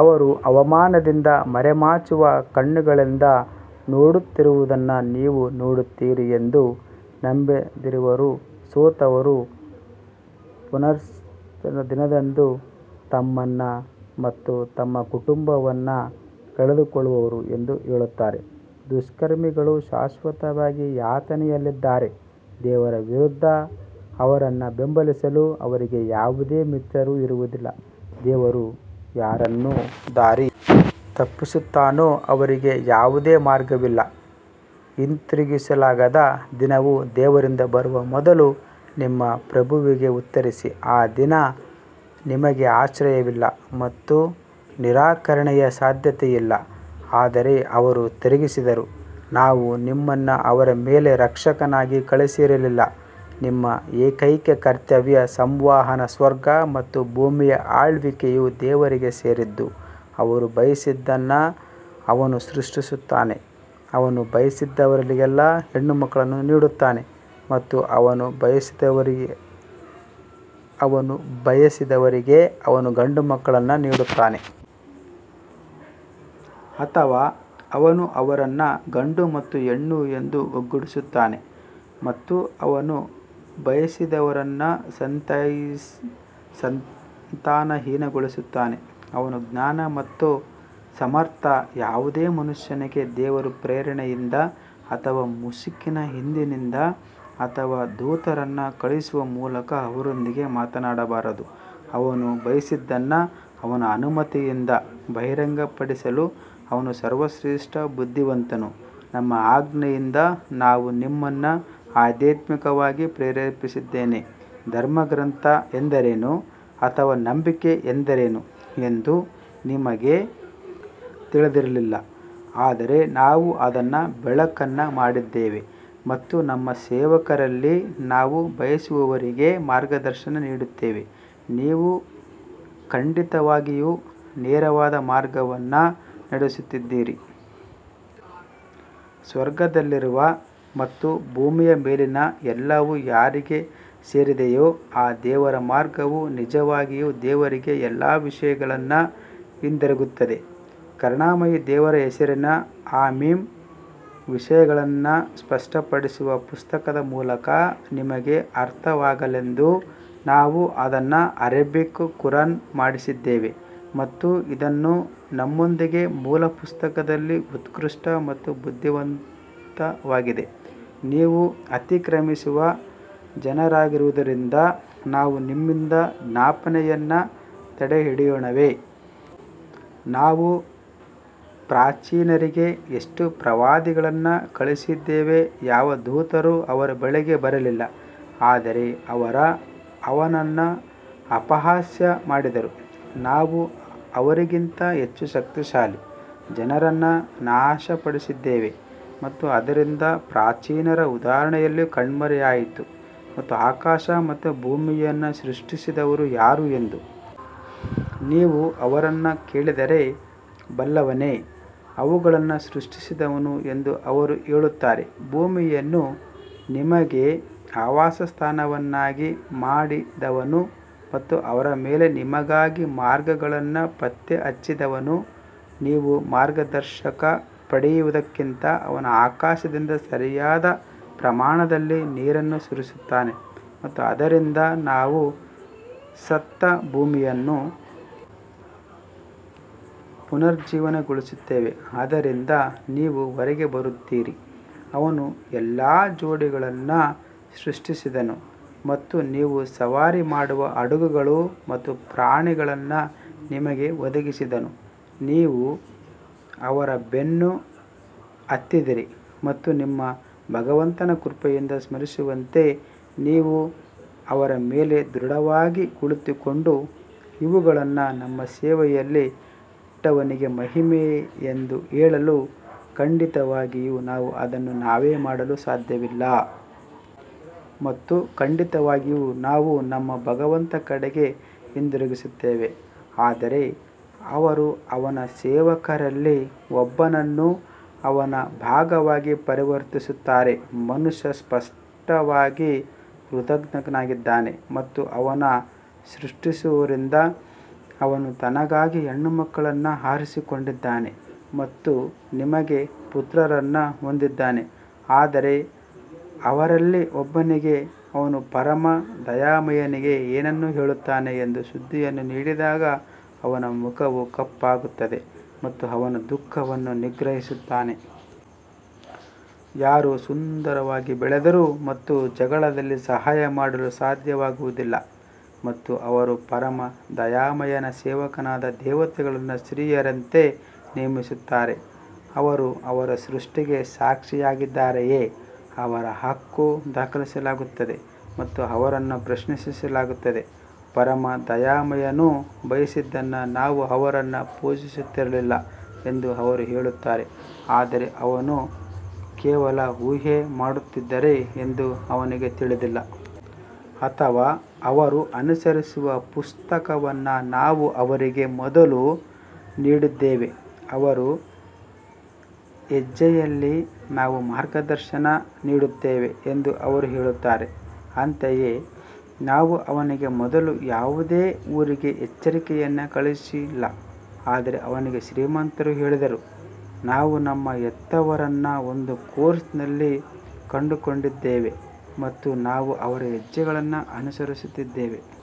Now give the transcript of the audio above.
ಅವರು ಅವಮಾನದಿಂದ ಮರೆಮಾಚುವ ಕಣ್ಣುಗಳಿಂದ ನೋಡುತ್ತಿರುವುದನ್ನು ನೀವು ನೋಡುತ್ತೀರಿ ಎಂದು ನಂಬಿದವರು ಸೋತವರು ಪುನರುತ್ಥಾನದ ದಿನದಂದು ತಮ್ಮನ್ನು ಮತ್ತು ತಮ್ಮ ಕುಟುಂಬವನ್ನು ಕಳೆದುಕೊಂಡವರು ಎಂದು ಹೇಳುತ್ತಾರೆ, ದುಷ್ಕರ್ಮಿಗಳು ಶಾಶ್ವತವಾದ ಯಾತನೆಯಲ್ಲಿದ್ದಾರೆ. ದೇವರ ವಿರುದ್ಧ ಅವರನ್ನು ಬೆಂಬಲಿಸಲು ಅವರಿಗೆ ಯಾವುದೇ ಮಿತ್ರರು ಇರುವುದಿಲ್ಲ, ದೇವರು ಯಾರನ್ನು ದಾರಿ ತಪ್ಪಿಸುತ್ತಾನೋ ಅವರಿಗೆ ಯಾವುದೇ ಮಾರ್ಗವಿಲ್ಲ ಹಿಂತಿರುಗಿಸಲಾಗದ ದಿನವು ದೇವರಿಂದ ಬರುವ ಮೊದಲು ನಿಮ್ಮ ಪ್ರಭುವಿಗೆ ಉತ್ತರಿಸಿ ಆ ದಿನ ನಿಮಗೆ ಆಶ್ರಯವಿಲ್ಲ ಮತ್ತು ನಿರಾಕರಣೆಯ ಸಾಧ್ಯತೆಯಿಲ್ಲ ಆದರೆ ಅವರು ತಿರುಗಿದರೆ ನಾವು ನಿಮ್ಮನ್ನು ಅವರ ಮೇಲೆ ರಕ್ಷಕನಾಗಿ ಕಳುಹಿಸಲಿಲ್ಲ ನಿಮ್ಮ ಏಕೈಕ ಕರ್ತವ್ಯ ಸಂವಹನ ಸ್ವರ್ಗ ಮತ್ತು ಭೂಮಿಯ ಆಳ್ವಿಕೆಯು ದೇವರಿಗೆ ಸೇರಿದ್ದು, ಅವನು ಬಯಸಿದ್ದನ್ನು ಅವನು ಸೃಷ್ಟಿಸುತ್ತಾನೆ, ಅವನು ಬಯಸಿದವರಿಗೆ ಹೆಣ್ಣುಮಕ್ಕಳನ್ನು ನೀಡುತ್ತಾನೆ ಮತ್ತು ಅವನು ಬಯಸಿದವರಿಗೆ ಅವನು ಗಂಡುಮಕ್ಕಳನ್ನು ನೀಡುತ್ತಾನೆ. ಅಥವಾ ಅವನು ಅವರನ್ನು ಗಂಡು ಮತ್ತು ಹೆಣ್ಣು ಎಂದು ಒಟ್ಟುಗೂಡಿಸುತ್ತಾನೆ ಮತ್ತು ಅವನು ಬಯಸಿದವರನ್ನು ಸಂತಾನಹೀನಗೊಳಿಸುತ್ತಾನೆ ಅವನು ಜ್ಞಾನ ಮತ್ತು ಸಮರ್ಥ ಯಾವುದೇ ಮನುಷ್ಯನಿಗೆ ದೇವರು ಪ್ರೇರಣೆಯಿಂದ ಅಥವಾ ಮುಸುಕಿನ ಹಿಂದಿನಿಂದ ಅಥವಾ ದೂತರನ್ನು ಕಳುಹಿಸುವ ಮೂಲಕ ಅವನೊಂದಿಗೆ ಮಾತನಾಡಬಾರದು, ಅವನು ಬಯಸಿದ್ದನ್ನು ಅವನ ಅನುಮತಿಯಿಂದ ಬಹಿರಂಗಪಡಿಸಲು ಅವನು ಸರ್ವಶ್ರೇಷ್ಠ ಬುದ್ಧಿವಂತನು ನಮ್ಮ ಆಜ್ಞೆಯಿಂದ ನಾವು ನಿಮ್ಮನ್ನು ಆಧ್ಯಾತ್ಮಿಕವಾಗಿ ಪ್ರೇರೇಪಿಸಿದ್ದೇವೆ, ಧರ್ಮಗ್ರಂಥ ಎಂದರೇನು ಅಥವಾ ನಂಬಿಕೆ ಎಂದರೇನು ಎಂದು ನಿಮಗೆ ತಿಳಿದಿರಲಿಲ್ಲ ಆದರೆ ನಾವು ಅದನ್ನು ಬೆಳಕನ್ನು ಮಾಡಿದ್ದೇವೆ ಮತ್ತು ನಮ್ಮ ಸೇವಕರಲ್ಲಿ ನಾವು ಬಯಸುವವರಿಗೆ ಮಾರ್ಗದರ್ಶನ ನೀಡುತ್ತೇವೆ, ನೀವು ಖಂಡಿತವಾಗಿಯೂ ನೇರವಾದ ಮಾರ್ಗವನ್ನು ನಡೆಸುತ್ತೀರಿ. ಸ್ವರ್ಗದಲ್ಲಿರುವ ಮತ್ತು ಭೂಮಿಯ ಮೇಲಿನ ಎಲ್ಲವೂ ಯಾರಿಗೆ ಸೇರಿದೆಯೋ ಆ ದೇವರ ಮಾರ್ಗವು ನಿಜವಾಗಿಯೂ ದೇವರಿಗೆ ಎಲ್ಲಾ ವಿಷಯಗಳು ಹಿಂತಿರುಗುತ್ತವೆ ಕರುಣಾಮಯಿ ದೇವರ ಹೆಸರಿನಲ್ಲಿ ಹಾ ಮೀಮ್ ವಿಷಯಗಳನ್ನು ಸ್ಪಷ್ಟಪಡಿಸುವ ಪುಸ್ತಕದ ಮೂಲಕ ನಿಮಗೆ ಅರ್ಥವಾಗಲೆಂದು ನಾವು ಅದನ್ನು ಅರೇಬಿಕ್ ಖುರಾನ್ ಮಾಡಿದ್ದೇವೆ ಮತ್ತು ಇದು ನಮ್ಮೊಂದಿಗೆ ಮೂಲ ಪುಸ್ತಕದಲ್ಲಿ ಉತ್ಕೃಷ್ಟ ಮತ್ತು ಬುದ್ಧಿವಂತವಾಗಿದೆ ನೀವು ಅತಿಕ್ರಮಿಸುವ ಜನರಾಗಿರುವುದರಿಂದ ನಾವು ನಿಮ್ಮಿಂದ ಜ್ಞಾಪನೆಯನ್ನು ತಡೆಹಿಡಿಯೋಣವೇ? ನಾವು ಪ್ರಾಚೀನರಿಗೆ ಎಷ್ಟು ಪ್ರವಾದಿಗಳನ್ನು ಕಳುಹಿಸಿದ್ದೇವೆ ಯಾವ ದೂತರೂ ಅವರ ಬಳಿಗೆ ಬರಲಿಲ್ಲ ಆದರೆ ಅವರು ಅವನನ್ನು ಅಪಹಾಸ್ಯ ಮಾಡಿದರು ನಾವು ಅವರಿಗಿಂತ ಹೆಚ್ಚು ಶಕ್ತಿಶಾಲಿ ಜನರನ್ನು ನಾಶಪಡಿಸಿದ್ದೇವೆ ಮತ್ತು ಆದ್ದರಿಂದ ಪ್ರಾಚೀನರ ಉದಾಹರಣೆಯು ಕಣ್ಮರೆಯಾಯಿತು ಮತ್ತು ಆಕಾಶ ಮತ್ತು ಭೂಮಿಯನ್ನು ಸೃಷ್ಟಿಸಿದವರು ಯಾರು ಎಂದು ನೀವು ಅವರನ್ನು ಕೇಳಿದರೆ, ಬಲ್ಲವನೇ ಅವುಗಳನ್ನು ಸೃಷ್ಟಿಸಿದನು ಎಂದು ಅವರು ಹೇಳುತ್ತಾರೆ ಭೂಮಿಯನ್ನು ನಿಮಗೆ ಆವಾಸಸ್ಥಾನವನ್ನಾಗಿ ಮಾಡಿದವನು ಮತ್ತು ಅದರ ಮೇಲೆ ನಿಮಗಾಗಿ ಮಾರ್ಗಗಳನ್ನು ಪತ್ತೆಹಚ್ಚಿದವನು ನೀವು ಮಾರ್ಗದರ್ಶನ ಪಡೆಯುವುದಕ್ಕಾಗಿ ಅವನು ಆಕಾಶದಿಂದ ಸರಿಯಾದ ಪ್ರಮಾಣದಲ್ಲಿ ನೀರನ್ನು ಸುರಿಸುತ್ತಾನೆ ಮತ್ತು ಆದ್ದರಿಂದ ನಾವು ಸತ್ತ ಭೂಮಿಯನ್ನು ಪುನರುಜ್ಜೀವನಗೊಳಿಸುತ್ತೇವೆ ಆದ್ದರಿಂದ ನೀವು ಹೊರಗೆ ಬರುತ್ತೀರಿ ಅವನು ಎಲ್ಲಾ ಜೋಡಿಗಳನ್ನು ಸೃಷ್ಟಿಸಿದನು ಮತ್ತು ನೀವು ಸವಾರಿ ಮಾಡುವ ಹಡಗುಗಳು ಮತ್ತು ಪ್ರಾಣಿಗಳನ್ನು ನಿಮಗೆ ಒದಗಿಸಿದನು ನೀವು ಅವರ ಬೆನ್ನು ಹತ್ತಿದಿರಿ ಮತ್ತು ನಿಮ್ಮ ಭಗವಂತನ ಕೃಪೆಯನ್ನು ಸ್ಮರಿಸುವಂತೆ ನೀವು ಅವರ ಮೇಲೆ ದೃಢವಾಗಿ ಕುಳಿತುಕೊಂಡು, ಇವುಗಳನ್ನು ನಮ್ಮ ಸೇವೆಯಲ್ಲಿ ಇಟ್ಟವನಿಗೆ ಮಹಿಮೆ ಎಂದು ಹೇಳಲು ಖಂಡಿತವಾಗಿಯೂ ನಾವು ಅದನ್ನು ನಾವೇ ಮಾಡಲು ಸಾಧ್ಯವಿಲ್ಲ. ಮತ್ತು ಖಂಡಿತವಾಗಿಯೂ ನಾವು ನಮ್ಮ ಭಗವಂತನ ಕಡೆಗೆ ಹಿಂತಿರುಗುತ್ತೇವೆ ಆದರೂ ಅವರು ಅವನ ಸೇವಕರಲ್ಲಿ ಒಬ್ಬನನ್ನು ಅವನ ಭಾಗವಾಗಿ ಪರಿವರ್ತಿಸುತ್ತಾರೆ, ಮನುಷ್ಯ ಸ್ಪಷ್ಟವಾಗಿ ಕೃತಘ್ನನಾಗಿದ್ದಾನೆ ಅಥವಾ ಅವನು ಸೃಷ್ಟಿಸುವದರಿಂದ ಅವನು ತನಗಾಗಿ ಹೆಣ್ಣುಮಕ್ಕಳನ್ನು ಆರಿಸಿಕೊಂಡಿದ್ದಾನೆ ಮತ್ತು ನಿಮಗೆ ಪುತ್ರರನ್ನು ಹೊಂದಿದ್ದಾನೆ ಆದರೂ ಅವರಲ್ಲಿ ಒಬ್ಬನಿಗೆ ಅವನು ಪರಮ ದಯಾಮಯನಿಗೆ ಏನನ್ನು ಹೇಳುತ್ತಾನೆ ಎಂಬ ಸುದ್ದಿಯನ್ನು ನೀಡಿದಾಗ ಅವನ ಮುಖವು ಕಪ್ಪಾಗುತ್ತದೆ ಮತ್ತು ಅವನು ದುಃಖವನ್ನು ನಿಗ್ರಹಿಸುತ್ತಾನೆ. ಯಾರೋ ಸುಂದರವಾಗಿ ಬೆಳೆದರು ಮತ್ತು ಜಗಳದಲ್ಲಿ ಸಹಾಯ ಮಾಡಲು ಸಾಧ್ಯವಾಗುವುದಿಲ್ಲ ಮತ್ತು ಅವರು ಪರಮ ದಯಾಮಯನ ಸೇವಕರಾದ ದೇವತೆಗಳನ್ನು ಸ್ತ್ರೀಯರಂತೆ ನೇಮಿಸುತ್ತಾರೆ ಅವರು ಅವರ ಸೃಷ್ಟಿಗೆ ಸಾಕ್ಷಿಯಾಗಿದ್ದಾರೆಯೇ ಅವರ ಹಕ್ಕು ದಾಖಲಿಸಲಾಗುತ್ತದೆ ಮತ್ತು ಅವರನ್ನು ಪ್ರಶ್ನಿಸಲಾಗುತ್ತದೆ. ಮತ್ತು ಪರಮ ದಯಾಮಯನು ಬಯಸಿದ್ದರೆ ನಾವು ಅವರನ್ನು ಪೂಜಿಸುತ್ತಿರಲಿಲ್ಲ ಎಂದು ಅವರು ಹೇಳುತ್ತಾರೆ ಆದರೆ ಅವರು ಕೇವಲ ಊಹೆ ಮಾಡುತ್ತಿದ್ದಾರೆ ಎಂದು ಅವರಿಗೆ ತಿಳಿದಿಲ್ಲ. ಅಥವಾ ಅವರು ಅನುಸರಿಸುವ ಪುಸ್ತಕವನ್ನು ನಾವು ಅವರಿಗೆ ಮೊದಲು ನೀಡಿದ್ದೇವೆ ಮತ್ತು ಅವರ ಹೆಜ್ಜೆಯಲ್ಲಿ ನಾವು ಮಾರ್ಗದರ್ಶನ ನೀಡುತ್ತೇವೆ ಎಂದು ಅವರು ಹೇಳುತ್ತಾರೆ ಅಂತೆಯೇ ನಾವು ನಿಮಗಿಂತ ಮೊದಲು ಯಾವುದೇ ಊರಿಗೆ ಎಚ್ಚರಿಕೆಯನ್ನು ಕಳುಹಿಸಿಲ್ಲ ಆದರೆ ಅವರಲ್ಲಿ ಶ್ರೀಮಂತರು ಹೇಳಿದರು, ನಾವು ನಮ್ಮ ಹೆತ್ತವರನ್ನು ಒಂದು ಕೋರ್ಸ್ನಲ್ಲಿ ಕಂಡುಕೊಂಡಿದ್ದೇವೆ ಮತ್ತು ನಾವು ಅವರ ಹೆಜ್ಜೆಗಳನ್ನು ಅನುಸರಿಸುತ್ತಿದ್ದೇವೆ.